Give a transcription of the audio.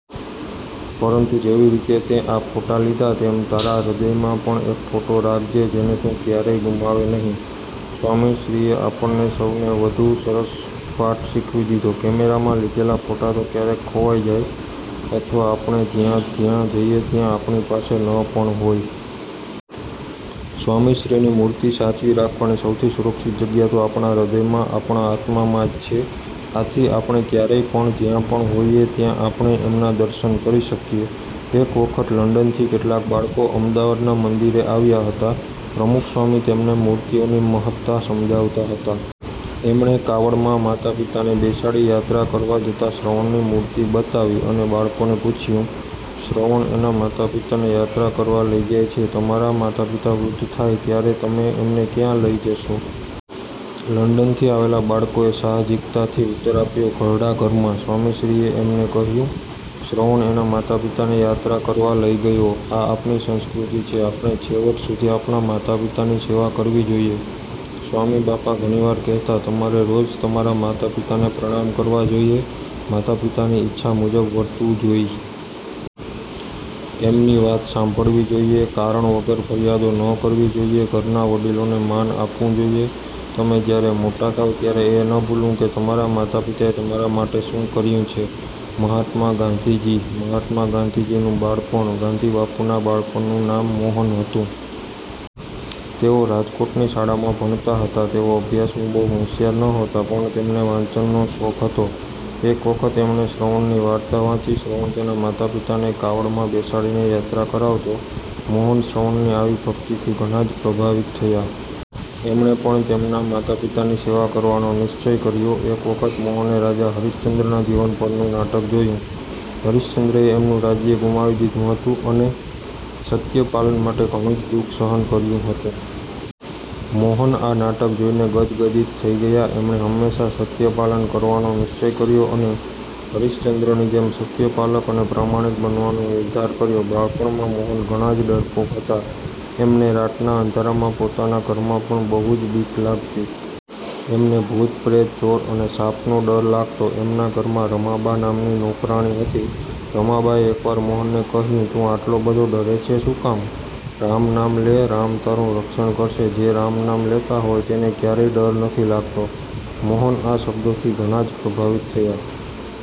પરંતુ જેવી રીતે તેં આ ફોટા લીધા તેમ તારા હૃદયમાં પણ એક ફોટો રાખજે જેને તું કયારેય ગુમાવે નહીં." સ્વામીશ્રીએ આપણને સૌને બહુ સરસ પાઠ શીખવી દીધો. કેમેરામાં લીધેલા ફોટા તો ક્યારેક ખોવાઈ જાય, અથવા આપણે જ્યાં-જ્યાં જઈએ ત્યાં આપણી પાસે ન પણ હોય. સ્વામીશ્રીની મૂર્તિ સાચવી રાખવાની સૌથી સુરક્ષિત જગ્યા તો આપણા હૃદયમાં આપણા આત્મામાં જ છે. આથી આપણે ક્યારેય પણ જ્યાં પણ હોઈએ ત્યાં આપણે એમના દર્શન કરી શકીએ. એક વખત લંડનથી કેટલાક બાળકો અમદાવાદના મંદિરે આવ્યા હતા, પ્રમુખસ્વામી તેમને મૂર્તિઓની મહત્તા સમજાવતા હતા. એમણે કાવડમાં માતા પિતાને બેસાડી યાત્રા કરવા જતા શ્રવણની મૂર્તિ બતાવી અને બાળકોને પૂછ્યું, "શ્રવણ એના માતા પિતાને યાત્રા કરવા લઇ જાય છે. તમારા માતા પિતા વૃદ્ધ થાય ત્યારે તમે એમને ક્યાં લઇ જશો?" લંડનથી આવેલા બાળકોએ સાહજિકતાથી ઉત્તર આપ્યો, "ઘરડા ઘરમાં."સ્વામીશ્રીએ એમને કહ્યું, "શ્રવણ એના માતા પિતાને યાત્રા કરવા લઇ ગયો, આ આપણી સંસ્કૃતિ છે. આપણે છેવટ સુધી આપણા માતા પિતાની સેવા કરવી જોઈએ. સ્વામીબાપા ઘણી વાર કહેતા, "તમારે રોજ તમારા માતા પિતાને પ્રણામ કરવા જોઈએ, માતા પિતાની ઈચ્છા મુજબ વર્તવું જોઈ,. એમની વાત સાંભળવી જોઈએ, કારણ વગર ફરિયાદો ન કરવી જોઈએ, ઘરના વડીલોને માન આપવું જોઈએ. તમે જયારે મોટા થાવ ત્યારે એ ન ભૂલવું કે તમારા માતા પિતાએ તમારા માટે શું કર્યું છે." મહાત્મા ગાંધીજી: મહાત્મા ગાંધીજીનું બાળપણ: ગાંધીબાપુના બાળપણનું નામ મોહન હતું. તેઓ રાજકોટની શાળામાં ભણતા હતા. તેઓ અભ્યાસમાં બહુ હોશિયાર નહોતા, પણ તેમને વાંચનનો શોખ હતો. એક વખત એમણે શ્રવણની વાર્તા વાંચી. શ્રવણ તેના માતા પિતાને કાવડમાં બેસાડીને યાત્રા કરાવતો. મોહન શ્રવણની આવી ભક્તિથી ઘણા જ પ્રભાવિત થયા. એમણે પણ તેમના માતા પિતાની સેવા કરવાનો નિશ્ચય કર્યો. એક વખત મોહને રાજા હરિશ્ચન્દ્રના જીવન પરનું નાટક જોયું. હરિશ્ચન્દ્રએ એમનું રાજ્ય ગુમાવી દીધું હતું, અને સત્યપાલન માટે ઘણું જ દુઃખ સહન કર્યું હતું. મોહન આ નાટક જોઈને ગદગદિત થઈ ગયા. એમણે હંમેશા સત્યપાલન કરવાનો નિશ્ચય કર્યો, અને હરિશ્ચન્દ્રની જેમ સત્યપાલક અને પ્રામાણિક બનવાનો નિર્ધાર કર્યો. બાળપણમાં મોહન ઘણા જ ડરપોક હતા. એમને રાતના અંધારામાં પોતાના ઘરમાં પણ બહુ જ બીક લાગતી. એમને ભૂતપ્રેત, ચોર અને સાપનો ડર લાગતો. એમના ઘરમાં રમાબા નામની નોકરાણી હતી. રમાબાએ એક વાર મોહનને કહ્યું, "તું આટલો બધો ડરે છે શું કામ? રામ નામ લે, રામ તારું રક્ષણ કરશે, જે રામ નામ લેતા હોય તેને ક્યારેય ડર નથી લાગતો." મોહન આ શબ્દોથી ઘણા જ પ્રભાવિત થયા.